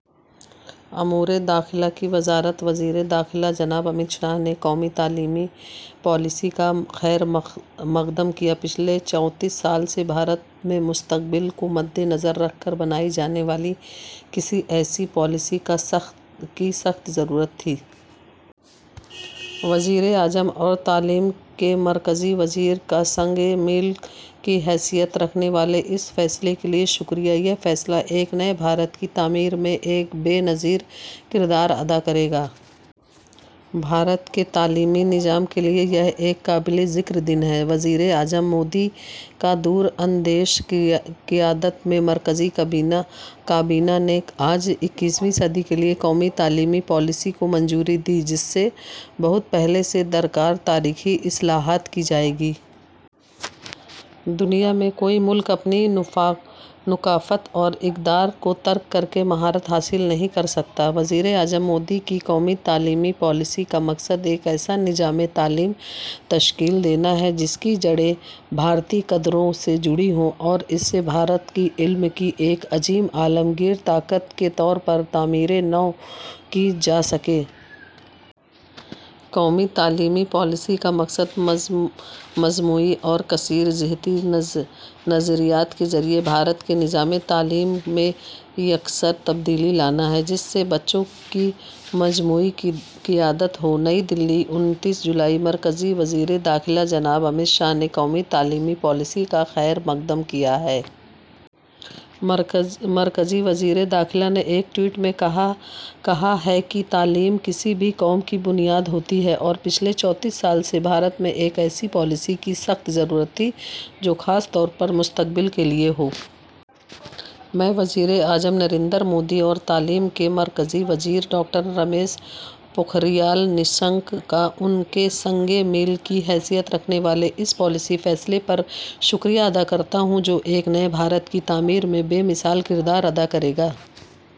امور داخلہ کی وزارت وزیر داخلہ جناب امت شاہ نے قومی تعلیمی پالیسی کا خیر مقدم کیا۔ پچھلے چونتیس سال سے بھارت میں مستقبل کو مدنظر رکھ کر بنائی جانے والی کسی ایسی پالیسی کی سخت ضرورت تھی۔ وزیراعظم اور تعلیم کے مرکزی وزیر کا سنگ میل کی حیثیت رکھنے والے اس فیصلے کے لیے شکریہ، یہ فیصلہ ایک نئے بھارت کی تعمیر میں ایک بے نظیر کردار ادا کرے گا۔ بھارت کے تعلیمی نظام کے لیے یہ ایک قابل ذکر دن ہے۔ وزیراعظم مودی کی دور اندیش قیادت میں مرکزی کابینہ نے آج اکیسویں صدی کے لیے قومی تعلیمی پالیسی کو منظوری دی، جس سے بہت پہلے سے درکار تاریخی اصلاحات کی جائیں گی۔ دنیا میں کوئی ملک اپنی ثقافت اور اقدار کو ترک کرکے مہارت حاصل نہیں کرسکتا۔ وزیراعظم مودی کی قومی تعلیمی پالیسی کا مقصد ایک ایسا نظام تعلیم تشکیل دینا ہے جس کی جڑیں بھارتی قدروں سے جڑی ہوں اور اس سے بھارت کی علم کی ایک عظیم عالمگیر طاقت کے طور پر تعمیر نو کی جا سکے۔ قومی تعلیمی پالیسی کا مقصد مجموعی اور کثیر جہتی نظریات کے ذریعے بھارت کے نظام تعلیم میں یکسر تبدیلی لانا ہے، جس سے بچوں کی مجموعی ترقی ہو۔ نئی دہلی، انتیس جولائی: مرکزی وزیر داخلہ جناب امت شاہ نے قومی تعلیمی پالیسی کا خیر مقدم کیا ہے۔ مرکزی وزیر داخلہ نے ایک ٹوئٹ میں کہا ہے کہ تعلیم کسی بھی قوم کی بنیاد ہوتی ہے اور پچھلے چونتیس سال سے بھارت میں ایک ایسی پالیسی کی سخت ضرورت تھی، جو خاص طور پر مستقبل کے لیے ہو۔ میں وزیراعظم نریندر مودی اور تعلیم کے مرکزی وزیر ڈاکٹر رمیش پوکھریال نشنک کا ان کے سنگ میل کی حیثیت رکھنے والے اس پالیسی فیصلے پر شکریہ ادا کرتا ہوں، جو ایک نئے بھارت کی تعمیر میں بے مثال کردار ادا کرے گا۔